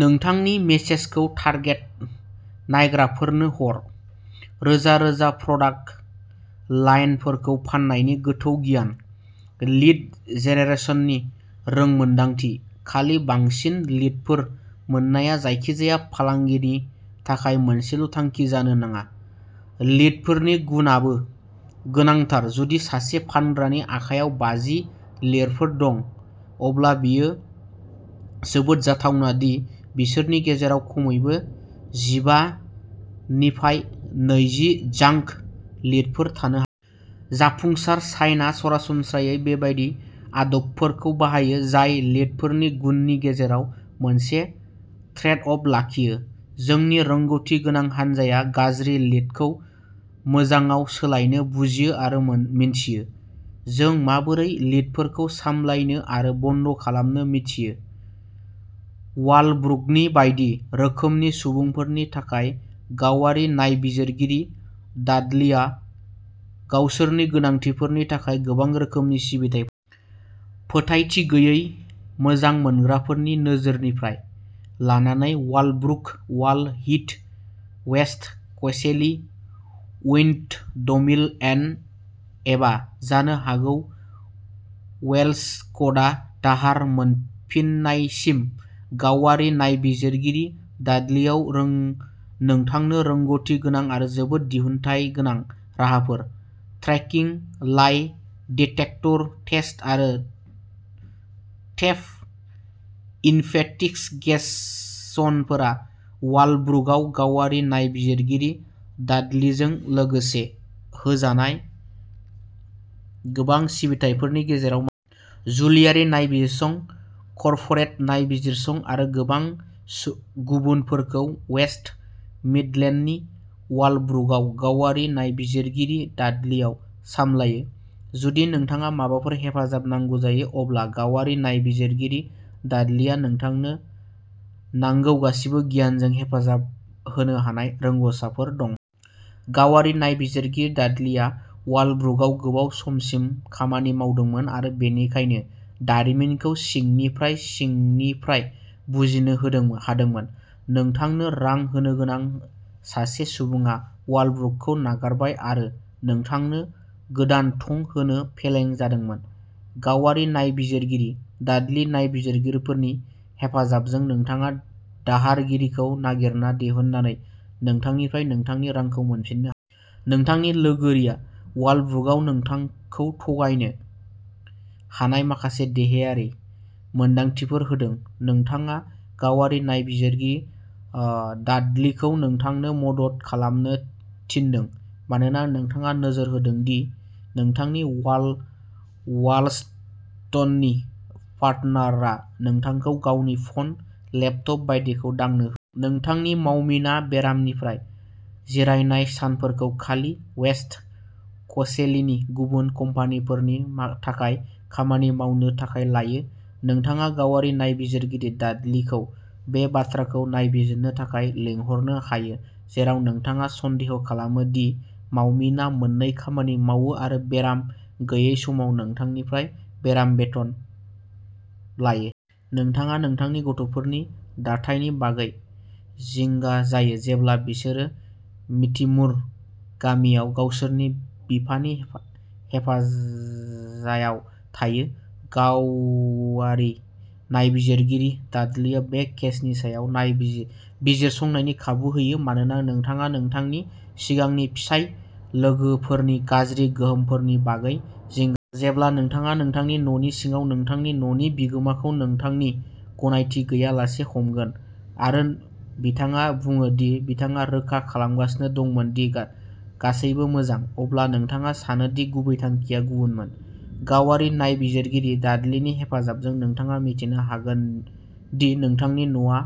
नोंथांनि मेसेजखौ टारगेट नायग्राफोरनो हर। रोजा रोजा प्रडाक्ट लाइनफोरखौ फान्नायनि गोथौ गियान। लीड जेनेरेसननि रोंमोनदांथि। खालि बांसिन लीडफोर मोननाया जायखिजाया फालांगिनि थाखाय मोनसेल'थांखि जानो नाङा। लीडफोरनि गुनआबो गोनांथार। जुदि सासे फानग्रानि आखायाव बाजि लीडफोर दं, अब्ला बेयो जोबोद जाथावना दि बिसोरनि गेजेराव खमैबो जिबा निफाय नैजि जांक लीडफोर थानो हागौ। जाफुंसार साइनआ सरासनस्रायै बेबादि आदबफोरखौ बाहायो जाय लीडफोरनि गुननि गेजेराव मोनसे ट्रेडअफ लाखियो। जोंनि रोंग'थि गोनां हानजाया गाज्रि लीडखौ मोजांआव सोलायनो बुजियो आरो मिन्थियो। जों माबोरै लीडफोरखौ सामलायनो आरो बन्द खालामनो मिन्थियो। वालब्रुकनि बायदि रोखोमनि सुबुंफोरनि थाखाय, गावारि नायबिजिरगिरि डाडलीआ गावसोरनि गोनांथिफोरनि थाखाय गोबां रोखोमनि सिबिथाइफोर होयो। फोथायथि गैयै मोजां मोनग्राफोरनि नोजोरनिफ्राय लानानै वालब्रुक, वाल हीथ, वेस्ट कसेली, उइन्डमिल एन्ड एबा जानो हागौ व'लेस्क'टआ दाहार मोनफिन्नायसिम, गावारि नायबिजिरगिरि डाडलीआ नोंथांनो रोंग'थि गोनां आरो जोबोद दिहुनथायगोनां राहाफोर। ट्रेकिं, लाइ डिटेक्टर टेस्ट आरो थेफ्ट इनभेस्टिगेसनफोरा वालब्रुकआव गावारि नायबिजिरगिरि डाडलीजों होजानाय गोबां सिबिथाइफोरनि गेजेराव माखासे। जुलिआरि नायबिजिरसं, कर्परेट नायबिजिरसं आरो गोबां गुबुनफोरखौ वेस्ट मिडलेन्डनि वालब्रुकआव गावारि नायबिजिरगिरि डाडलीआव सामलायो। जुदि नोंथांनो माबाफोर हेफाजाब नांगौ जायो, अब्ला गावारि नायबिजिरगिरि डाडलीहा नोंथांनो नांगौ गासिबो गियानजों हेफाजाब होनो हानाय रोंग'सारफोर दं। गावारि नायबिजिरगिरि डाडलीआ वालब्रुकआव गोबाव समसिम खामानि मावदोंमोन आरो बेनिखायनो दारिमिनखौ सिंनिफ्राय सिंनिफ्राय बुजिनो होदों हादोंमोन। नोंथांनो रां होनोगोनां सासे सुबुङा वालब्रुकखौ नागारबाय आरो नोंथांनो गोदान थं होनो फेलें जादोंमोन। गावारि नायबिजिरगिरि डाडली नायबिजिरगिरिफोरनि हेफाजाबजों, नोंथाङा दाहारगिरिखौ नागिरना दिहुननानै नोंथांनिफ्राय नोंथांनि रांखौ मोनफिननो हागोन। नोंथांनि लोगोरिआ वालब्रुकआव नोंथांखौ थगायनो हानाय माखासे देहायारि मोनदांथिफोर होदों। नोंथाङा गावारि नायबिजिरगिरि डाडलीखौ नोंथांनो मदद खालामनो थिनदों मानोना नोंथाङा नोजोर होदों दि नोंथांनि वा'लास्टननि पार्टनारआ नोंथांखौ गावनि फ'न, लेपटप बायदिखौ दांनो होआ। नोंथांनि मावमिना बेरामनिफ्राय जिरायनाय सानफोरखौ खालि वेस्ट क'सेलीनि गुबुन कम्पानिफोरनि थाखाय खामानि मावनो थाखाय लायो। नोंथाङा गावारि नायबिजिरगिरि डाडलीखौ बे बाथ्राखौ नायबिजिरनो थाखाय लिंहरनो हायो जेराव नोंथाङा सन्देह खालामो दि मावमिना मोन्नै खामानि मावो आरो बेराम गैयै समाव नोंथांनिफ्राय बेराम बेथन लायो। नोंथाङा नोंथांनि गथ'फोरनि थाथायनि बागै जिंगा जायो जेब्ला बिसोरो विथिमुर गामियाव गावसोरनि बिफानि हेफाजायाव थायो। गावारि नायबिजिरगिरि डाडलीआ बे केसनि सायाव बिजिरसंनायनि खाबु होयो मानोना नोंथाङा नोंथांनि सिगांनि फिसाय लोगोफोरनि गाज्रि गोहोमफोरनि बागै जिंगा जायो। जेब्ला नोंथाङा नोंथांनि न'नि सिङाव नोंथांनि न'नि बिगोमाखौ नोंथांनि गनायथि गैयालासे हमगोन, आरो बिथाङा बुङो दि बिथाङा रोखा खालामगासिनो दंमोन दि गासैबो मोजां, अब्ला नोंथाङा सानो दि गुबै थांखिया गुबुनमोन। गावारि नायबिजिरगिरि डाडलीनि हेफाजाबजों, नोंथाङा मिथिनो हागोन दि नोंथांनि न'आ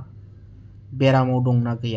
बेरामाव दं ना गैया।